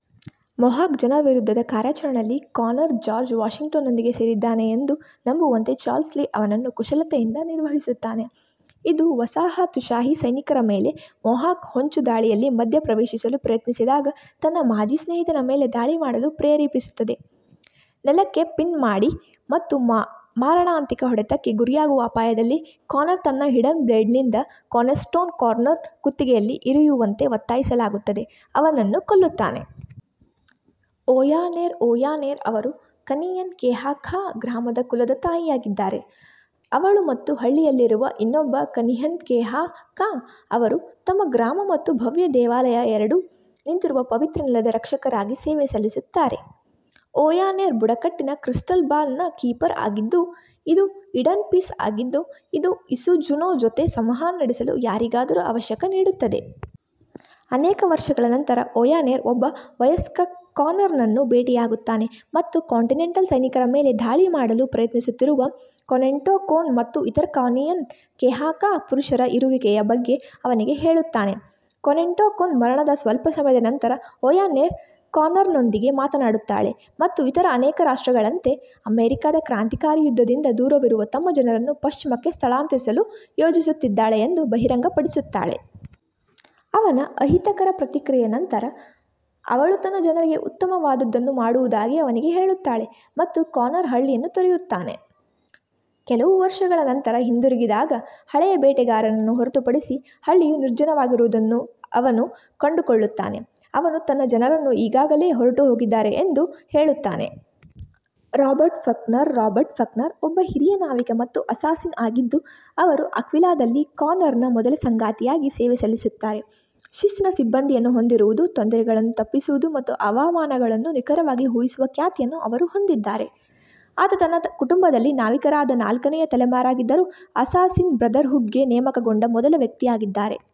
Mohawk ಜನರ ವಿರುದ್ಧದ ಕಾರ್ಯಾಚರಣೆಯಲ್ಲಿ ಕಾನರ್ ಜಾರ್ಜ್ ವಾಷಿಂಗ್ಟನ್ನೊಂದಿಗೆ ಸೇರಿದ್ದಾನೆ ಎಂದು ನಂಬುವಂತೆ ಚಾರ್ಲ್ಸ್ ಲೀ ಅವನನ್ನು ಕುಶಲತೆಯಿಂದ ನಿರ್ವಹಿಸುತ್ತಾನೆ, ಇದು ವಸಾಹತುಶಾಹಿ ಸೈನಿಕರ ಮೇಲೆ ಮೊಹಾವ್ಕ್ ಹೊಂಚುದಾಳಿಯಲ್ಲಿ ಮಧ್ಯಪ್ರವೇಶಿಸಲು ಪ್ರಯತ್ನಿಸಿದಾಗ ತನ್ನ ಮಾಜಿ ಸ್ನೇಹಿತನ ಮೇಲೆ ದಾಳಿ ಮಾಡಲು ಪ್ರೇರೇಪಿಸುತ್ತದೆ. ನೆಲಕ್ಕೆ ಪಿನ್ ಮಾಡಿ ಮತ್ತು ಮಾರಣಾಂತಿಕ ಹೊಡೆತಕ್ಕೆ ಗುರಿಯಾಗುವ ಅಪಾಯದಲ್ಲಿ, ಕಾನರ್ ತನ್ನ ಹಿಡನ್ ಬ್ಲೇಡ್ನಿಂದ ಕಾನೆನ್ಟೋ ಕಾನ್ರನ್ನು ಕುತ್ತಿಗೆಯಲ್ಲಿ ಇರಿಯುವಂತೆ ಒತ್ತಾಯಿಸಲಾಗುತ್ತದೆ, ಅವನನ್ನು ಕೊಲ್ಲುತ್ತಾನೆ. ಓಯಾ ನೆರ್ ಓಯಾ ನೆರ್ ಅವರು ಕನಿಯೆನ್ ಕೆಹಾಃ ಕಾ ಗ್ರಾಮದ ಕುಲದ ತಾಯಿಯಾಗಿದ್ದಾರೆ. ಅವಳು ಮತ್ತು ಹಳ್ಳಿಯಲ್ಲಿರುವ ಇನ್ನೊಬ್ಬ ಕನಿನ್ಖೇಹಾಃ ಕಾ ಅವರು ತಮ್ಮ ಗ್ರಾಮ ಮತ್ತು ಭವ್ಯ ದೇವಾಲಯ ಎರಡೂ ನಿಂತಿರುವ ಪವಿತ್ರ ನೆಲದ ರಕ್ಷಕರಾಗಿ ಸೇವೆ ಸಲ್ಲಿಸುತ್ತಾರೆ. ಓಯಾ ನೆರ್ ಬುಡಕಟ್ಟಿನ "ಕ್ರಿಸ್ಟಲ್ ಬಾಲ್" ನ ಕೀಪರ್ ಆಗಿದ್ದು, ಇದು ಈಡನ್ ಪೀಸ್ ಆಗಿದ್ದು, ಇದು ಇಸು ಜುನೋ ಜೊತೆ ಸಂವಹನ ನಡೆಸಲು ಯಾರಿಗಾದರೂ ಅವಕಾಶ ನೀಡುತ್ತದೆ. ಅನೇಕ ವರ್ಷಗಳ ನಂತರ, ಓಯಾ ನೆರ್ ಒಬ್ಬ ವಯಸ್ಕ ಕಾನರ್ನನ್ನು ಭೇಟಿಯಾಗುತ್ತಾನೆ ಮತ್ತು ಕಾಂಟಿನೆಂಟಲ್ ಸೈನಿಕರ ಮೇಲೆ ದಾಳಿ ಮಾಡಲು ಪ್ರಯತ್ನಿಸುತ್ತಿರುವ ಕಾನೆನ್ಟೋ ಕೋನ್ ಮತ್ತು ಇತರ ಕಾನಿಯೆನ್ ಕೆಹಾಃ ಕಾ ಪುರುಷರ ಇರುವಿಕೆಯ ಬಗ್ಗೆ ಅವನಿಗೆ ಹೇಳುತ್ತಾನೆ. ಕಾನೆಂಟೋ ಕೋನ್ನ ಮರಣದ ಸ್ವಲ್ಪ ಸಮಯದ ನಂತರ, ಓಯಾ ನೆರ್ ಕಾನರ್ನೊಂದಿಗೆ ಮಾತನಾಡುತ್ತಾಳೆ ಮತ್ತು ಇತರ ಅನೇಕ ರಾಷ್ಟ್ರಗಳಂತೆ, ಅಮೆರಿಕಾದ ಕ್ರಾಂತಿಕಾರಿ ಯುದ್ಧದಿಂದ ದೂರವಿರುವ ತಮ್ಮ ಜನರನ್ನು ಪಶ್ಚಿಮಕ್ಕೆ ಸ್ಥಳಾಂತರಿಸಲು ಯೋಜಿಸುತ್ತಿದ್ದಾಳೆ ಎಂದು ಬಹಿರಂಗಪಡಿಸುತ್ತಾಳೆ. ಅವನ ಅಹಿತಕರ ಪ್ರತಿಕ್ರಿಯೆಯ ನಂತರ, ಅವಳು ತನ್ನ ಜನರಿಗೆ ಉತ್ತಮವಾದದ್ದನ್ನು ಮಾಡುವುದಾಗಿ ಅವನಿಗೆ ಹೇಳುತ್ತಾಳೆ ಮತ್ತು ಕಾನರ್ ಹಳ್ಳಿಯನ್ನು ತೊರೆಯುತ್ತಾನೆ. ಕೆಲವು ವರ್ಷಗಳ ನಂತರ ಹಿಂದಿರುಗಿದಾಗ, ಹಳೆಯ ಬೇಟೆಗಾರನನ್ನು ಹೊರತುಪಡಿಸಿ ಹಳ್ಳಿಯು ನಿರ್ಜನವಾಗಿರುವುದನ್ನು ಅವನು ಕಂಡುಕೊಳ್ಳುತ್ತಾನೆ, ಅವನು ತನ್ನ ಜನರು ಈಗಾಗಲೇ ಹೊರಟುಹೋಗಿದ್ದಾರೆ ಎಂದು ಹೇಳುತ್ತಾನೆ. ರಾಬರ್ಟ್ ಫಾಕ್ನರ್ ರಾಬರ್ಟ್ ಫಾಕ್ನರ್ ಒಬ್ಬ ಹಿರಿಯ ನಾವಿಕ ಮತ್ತು ಅಸ್ಸಾಸಿನ್ ಆಗಿದ್ದು, ಅವರು ಅಕ್ವಿಲಾದಲ್ಲಿ ಕಾನರ್ನ ಮೊದಲ ಸಂಗಾತಿಯಾಗಿ ಸೇವೆ ಸಲ್ಲಿಸುತ್ತಾರೆ. ಶಿಸ್ತಿನ ಸಿಬ್ಬಂದಿಯನ್ನು ಹೊಂದಿರುವುದು, ತೊಂದರೆಗಳನ್ನು ತಪ್ಪಿಸುವುದು ಮತ್ತು ಹವಾಮಾನವನ್ನು ನಿಖರವಾಗಿ ಊಹಿಸುವ ಖ್ಯಾತಿಯನ್ನು ಅವರು ಹೊಂದಿದ್ದಾರೆ. ಆತ ತನ್ನ ಕುಟುಂಬದಲ್ಲಿ ನಾವಿಕರಾದ ನಾಲ್ಕನೇ ತಲೆಮಾರಾಗಿದ್ದರೂ, ಅಸ್ಸಾಸಿನ್ ಬ್ರದರ್ಹುಡ್ಗೆ ನೇಮಕಗೊಂಡ ಮೊದಲ ವ್ಯಕ್ತಿಯಾಗಿದ್ದಾರೆ.